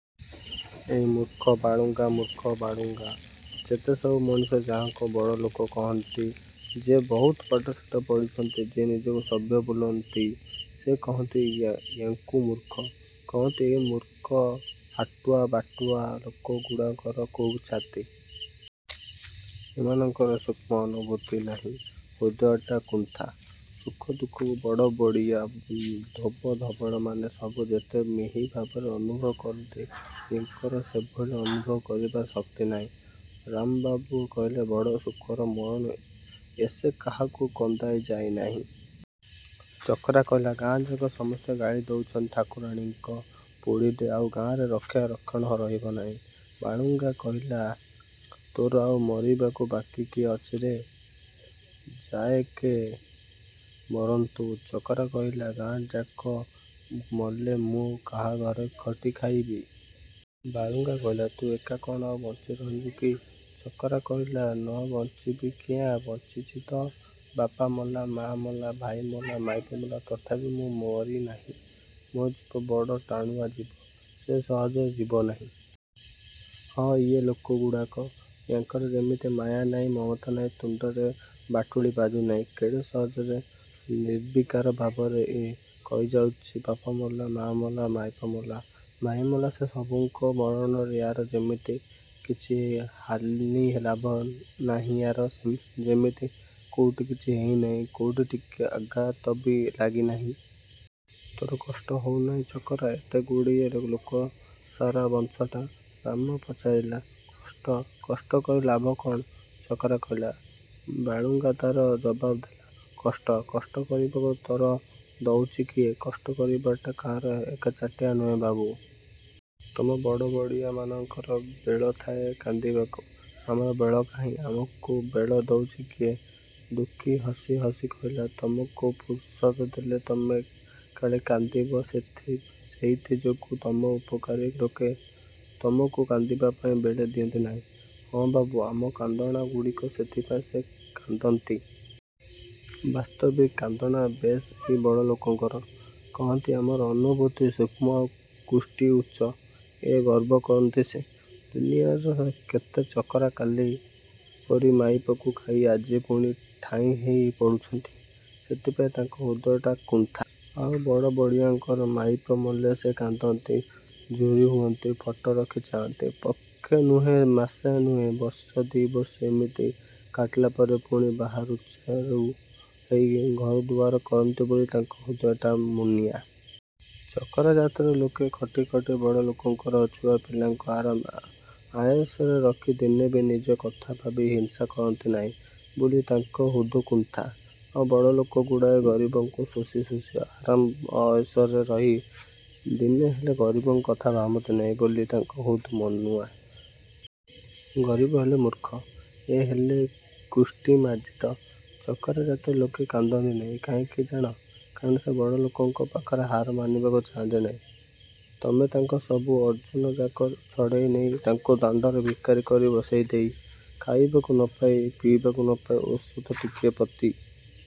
' ଏଇ ମୂର୍ଖ ବାଳୁଙ୍ଗା ମୂର୍ଖ ବାଳୁଙ୍ଗା! ଯେତେ ସବୁ ମଣିଷ ଯାହାଙ୍କୁ ବଡ଼ଲୋକ କହନ୍ତି ଯିଏ ବହୁତ ପାଠ ଶାଠ ପଢ଼ିଛନ୍ତି ଯିଏ ନିଜକୁ ସଭ୍ୟ ବୋଲାନ୍ତି ସେ କହନ୍ତି ୟେଙ୍କୁ ମୂର୍ଖ। କହନ୍ତି ଏଇ ମୂର୍ଖ ହାଟୁଆ ବାଟୁଆ ଲୋକଗୁଡ଼ାଙ୍କର ଖୁବ୍ ଛାତି। ଏମାନଙ୍କର ସୂଷ୍ମ ଅନୁଭୂତି ନାହିଁ। ହୃଦୟଟା କୁନ୍ଥା। ସୁଖ ଦୁଃଖକୁ ବଡ଼ବଡ଼ିଆ ଧୋବ ଧବଳମାନେ ସବୁ ଯେତେ ମିହି ଭାବରେ ଅନୁଭବ କରନ୍ତି ୟେଙ୍କର ସେଭଳି ଅନୁଭବ କରିବାର ଶକ୍ତି ନାହିଁ। ରାମବାବୁ କହିଲେ ବଡ଼ ସୁଖର ମରଣ ଏସେ କାହାକୁ କନ୍ଦାଇ ଯାଇ ନାହିଁ। ଚକରା କହିଲା ଗାଁଯାକ ସମସ୍ତେ ଗାଳି ଦଉଛନ୍ତି ଠାକୁରାଣୀଙ୍କ ପୋଡ଼ିଲେ ଆଉ ଗାଁରେ ରକ୍ଷା ରକ୍ଷଣ ରହିବ ନାହିଁ। ବାଳୁଙ୍ଗା କହିଲା ତୋର ଆଉ ମରିବାକୁ ବାକି କିଏ ଅଛିରେ? ଯାଏକେ ମରନ୍ତୁ! ଚକରା କହିଲା ଗାଁଟାଯାକ ମଲେ ମୁଁ କାହାଘରେ ଖଟି ଖାଇବି? '' ବାଳୁଙ୍ଗା କହିଲା ''ତୁ ଏକା କ'ଣ ଆଉ ବଞ୍ଚି ରହିବୁ କି? '' ଚକରା କହିଲା ''ନ ବଞ୍ଚିବି କିଆଁ ବଞ୍ଚିଛି ତ! ବାପା ମଲା, ମା ମଲା, ଭାଇ ମଲା, ମାଇପ ମଲା, ତଥାପି ମୁଁ ମରି ନାହିଁ। ମୋ ଜୀବ ବଡ଼ ଟାଣୁଆ ଜୀବ, ସେ ସହଜରେ ଯିବ ନାହିଁ। ହଁ, ଇଏ ଲୋକଗୁଡ଼ାକ। ୟାଙ୍କର ଯେମିତି ମାୟା ନାହିଁ ମମତା ନାହିଁ ତୁଣ୍ଡରେ ବାଟୁଳି ବାଜୁନାହିଁ କେଡ଼େ ସହଜରେ ନିର୍ବିକାର ଭାବରେ ଏ କହିଯାଉଚି ବାପମଲା, ମା ମଲା, ମାଇପ ମଲା, ଭାଇ ମଲା ସେ ସବୁଙ୍କ ମରଣରେ ୟାର ଯେମିତି କିଛି ହାନିଲାଭ ନାହିଁୟାର ଜେମିତି କୋଉଠି କିଛି ହେଇ ନାହିଁ କୋଉଠି ଟିକିଏ ଆଘାତବି ଲାଗି ନାହିଁ। ''ତୋର କଷ୍ଟ ହଉ ନାହିଁ ଚକରା, ଏତେଗୁଡିଏ ଲୋକ ସାରା ବଂଶଟା? '' ରାମ ପଚାରିଲା। ''କଷ୍ଟ? କଷ୍ଟ କରି ଲାଭ କ'ଣ? '' ଚକରା କହିଲା। ବାଳୁଙ୍ଗା ତା'ର ଜବାବ ଦେଲା କଷ୍ଟ? କଷ୍ଟ କରିବାକୁ ତର ଦଉଚି କିଏ? କଷ୍ଟ କରିବାଟା କାହାର ଏକଚାଟିଆ ନୁହେଁ ବାବୁ। ତୁମ ବଡ଼ବଡ଼ିଆମାନଙ୍କର ବେଳଥାଏ କାନ୍ଦିବାକୁ। ଆମର ବେଳ କାହିଁ? ଆମକୁ ବେଳ ଦଉଚି କିଏ? ଦୁଃଖୀ ହସି ହସି କହିଲା ତମକୁ ଫୁରୁସତ୍ ଦେଲେ ତମେ କାଳେ କାନ୍ଦିବ ସେଥି ସେଇଥି ଯୋଗୁଁ ତମ ଉପକାରୀ ଲୋକେ ତମକୁ କାନ୍ଦିବାପାଇଁ ବେଳେ ଦିଅନ୍ତି ନାହିଁ। ହଁ ବାବୁ, ଆମ କାନ୍ଦଣାଗୁଡିକ ସେଥିପାଇଁ ସେ କାନ୍ଦନ୍ତି। ବାସ୍ତବିକ କାନ୍ଦଣା ବେଶ ଏଇ ବଡ଼ଲୋକଙ୍କର। କହନ୍ତି, ଆମର ଅନୁଭୂତି ସୂକ୍ଷ୍ମ ଆଉ କୃଷ୍ଟି ଉଚ୍ଚ। ଏ ଗର୍ବ କରନ୍ତି ସେ। ଦୁନିଆର କେତେ ଚକରା କାଲି ପରି ମାଇପକୁ ଖାଇ ଆଜି ପୁଣି ଠାଇଁ ହେଇ ପଡ଼ୁଛନ୍ତି। ସେଥିପାଇଁ ତାଙ୍କ ହୃଦୟଟା କୁନ୍ଥା। ଆଉ ବଡ଼ବଡ଼ିଆଙ୍କର ମାଇପ ମଲେ ସେ କାନ୍ଦନ୍ତି, ଝୁରି ହୁଅନ୍ତି, ଫଟ ରଖି ଚାହାଁନ୍ତି, ପକ୍ଷେ ନୁହେଁ ମାସେ ନୁହେଁ ବର୍ଷେ ଦି' ବର୍ଷ ଏମିତି କାଟିଲା ପରେ ପୁଣି ବାହାରୁଚାରୁ ହେଇ ଘରଦୁଆର କରନ୍ତି ବୋଲି ତାଙ୍କ ହୃଦୟଟା ମୁନିଆ। ଚକରା ଜାତିର ଲୋକେ ଖଟି ଖଟି ବଡ଼ଲୋକଙ୍କର ଛୁଆପିଲାଙ୍କୁ ଆରାମ ଆୟସରେ ରଖି ଦିନେବି ନିଜ କଥା ଭାବି ହିଂସା କରନ୍ତି ନାହିଁ ବୋଲି ତାଙ୍କ ହୃଦ୍ କୁନ୍ଥା, ଆଉ ବଡ଼ଲୋକଗୁଡ଼ାଏ ଗରିବଙ୍କୁ ଶୋଷି ଶୋଷି ଆରାମ ଅୟସରେ ରହି ଦିନେହେଲେ ଗରିବଙ୍କ କଥା ଭାବନ୍ତି ନାହିଁ ବୋଲି ତାଙ୍କ ହୃଦ୍ ମୁନିଆ। ଗରିବ ହେଲେ ମୂର୍ଖ, ଏ ହେଲେ କୃଷ୍ଟି ମାର୍ଜିତ! ଚକରା ଜାତିର ଲୋକେ କାନ୍ଦନ୍ତି ନାହିଁ। କାହିଁକି ଜାଣ? କାରଣ ସେ ବଡ଼ଲୋକଙ୍କ ପାଖରେ ହାର ମାନିବାକୁ ଚାହାଁନ୍ତି ନାହିଁ। ତମେ ତାଙ୍କ ସବୁ ଅର୍ଜନଯାକ ଛଡ଼େଇ ନେଇ ତାଙ୍କୁ ଦାଣ୍ଡର ଭିକାରି କରି ବସେଇ ଦେଇ–ଖାଇବାକୁ ନପାଇ, ପିଇବାକୁ ନପାଇ, ଓଷଦ ଟିକିଏ ପତି